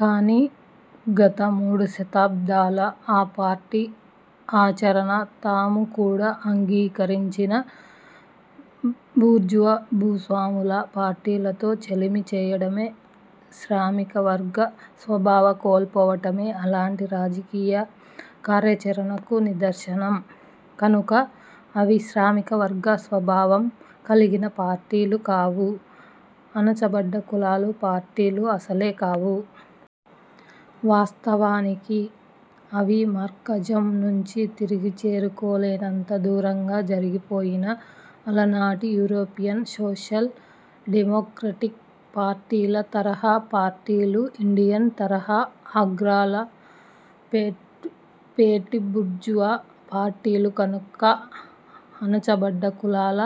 కానీ, గత మూడు దశాబ్దాల ఆ పార్టీల ఆచరణ, తాము కూడా అంగీకరించిన బూర్జువా, భూస్వామ్య పార్టీలతో చెలిమి చేయడమే. శ్రామికవర్గ స్వభావం కోల్పోవటమే అలాంటి రాజకీయ కార్యాచరణకు నిదర్శనం. కనుక, అవి శ్రామిక వర్గ స్వభావం కలిగిన పార్టీలు కావు. అణచబడ్డ కులాల పార్టీలు అసలే కావు. వాస్తవానికి, అవి మార్క్సిజం నుంచి తిరిగి చేరుకోలేనంత దూరంగా జరిగిపోయిన అలనాటి యూరోపియన్ 'సోషల్ డెమోక్రాటిక్' పార్టీల తరహా పార్టీలు. ఇండియన్ తరహా అగ్రకుల పెటీబూర్జువా పార్టీలు. కనుక, అణచబడ్డ కులాల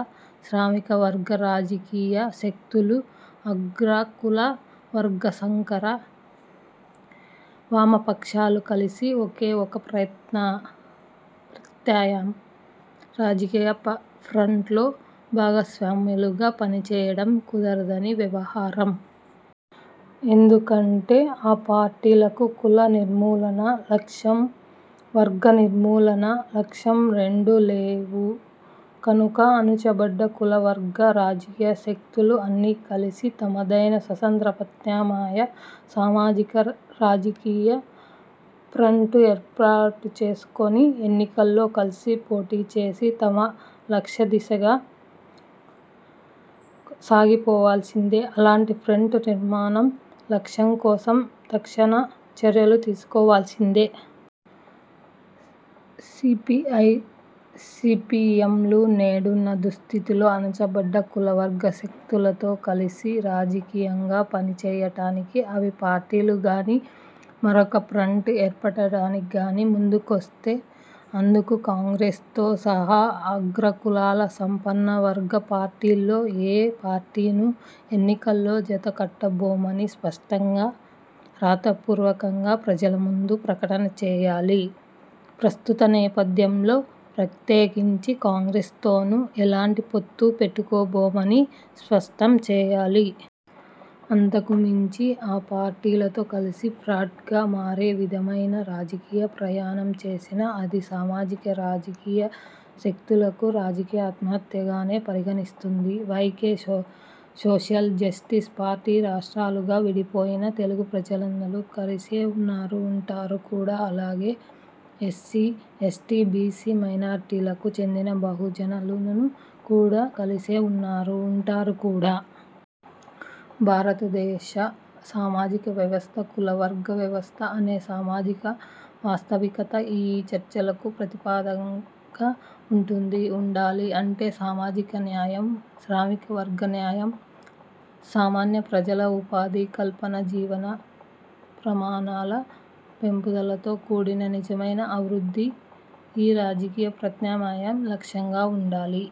శ్రామికవర్గ రాజకీయ శక్తులూ, అగ్రకుల వర్గ సంకర వామపక్షాలూ కలిసి ఒకే ఒక ప్రత్యామ్నాయ రాజకీయ ఫ్రంట్లో భాగస్వాములుగా పనిచేయడం కుదరని వ్యవహారం. ఎందుకంటే, ఆ పార్టీలకు కుల నిర్మూలనా లక్ష్యం, వర్గ నిర్మూలనా లక్ష్యం రెండూ లేవు. కనుక అణచబడ్డ కుల–వర్గ రాజకీయ శక్తులు అన్నీ కలిసి, తమదైన స్వతంత్ర ప్రత్యామ్నాయ సామాజిక రాజకీయ ఫ్రంట్ను ఏర్పరచుకొని ఎన్నికల్లో కలిసి పోటీచేసి తమ లక్ష్యం దిశగా సాగిపోవాల్సిందే. అలాంటి ఫ్రంట్ నిర్మాణ లక్ష్యం కోసం తక్షణ చర్యలు తీసుకోవలసిందే. సీపీఐ, సీపీఎంలు నేడున్న దుస్థితిలో అణచబడ్డ కుల–వర్గ శక్తులతో కలిసి రాజకీయంగా పనిచెయ్యటానికి, అవి పార్టీలుగా గానీ, మరొక ఫ్రంట్గా ఏర్పడిగానీ, ముందుకొస్తే, అందుకు కాంగ్రెస్తో సహా, అగ్రకులాల సంపన్నవర్గ పార్టీల్లో ఏ పార్టీతోనూ ఎన్నికల్లో జతకట్టబోమని స్పష్టంగా, రాతపూర్వకంగా ప్రజలముందు ప్రకటన చెయ్యాలి. ప్రస్తుత నేపథ్యంలో, ప్రత్యేకించి కాంగ్రెస్తోనూ, ఎలాంటి పొత్తు పెట్టుకోబోమని స్పష్టంచెయ్యాలి. అంతకుమించి ఆ పార్టీలతో కలిసి ఫ్రంట్గా, మరే విధమైన రాజకీయ ప్రయాణం చేసినా, అది సామాజిక రాజకీయ శక్తులకు రాజకీయ ఆత్మహత్యగానే పరిణమిస్తుంది. Y. K. Social justice party రాష్ట్రాలుగా విడిపోయినా, తెలుగు ప్రజలందరూ కలిసే ఉన్నారు, ఉంటారు కూడా. అలాగే, ఎస్సీ, ఎస్టీ, బీసీ, మైనార్టీలకు చెందిన బహుజనులు కూడా కలిసే ఉన్నారు, ఉంటారు కూడా. భారతదేశ సామాజిక వ్యవస్థ కుల-వర్గ వ్యవస్థ అనే సామాజిక వాస్తవికత ఈ చర్చలకు ప్రాతిపదికగా వుంటుంది. ఉండాలి. అంటే, సామాజిక న్యాయం, శ్రామిక వర్గ న్యాయం, సామాన్య ప్రజల ఉపాధి కల్పన, జీవన ప్రమాణాల పెంపుదలతో కూడిన నిజమైన అభివృద్ధి ఈ రాజకీయ ప్రత్యామ్నాయం లక్ష్యంగా వుండాలి.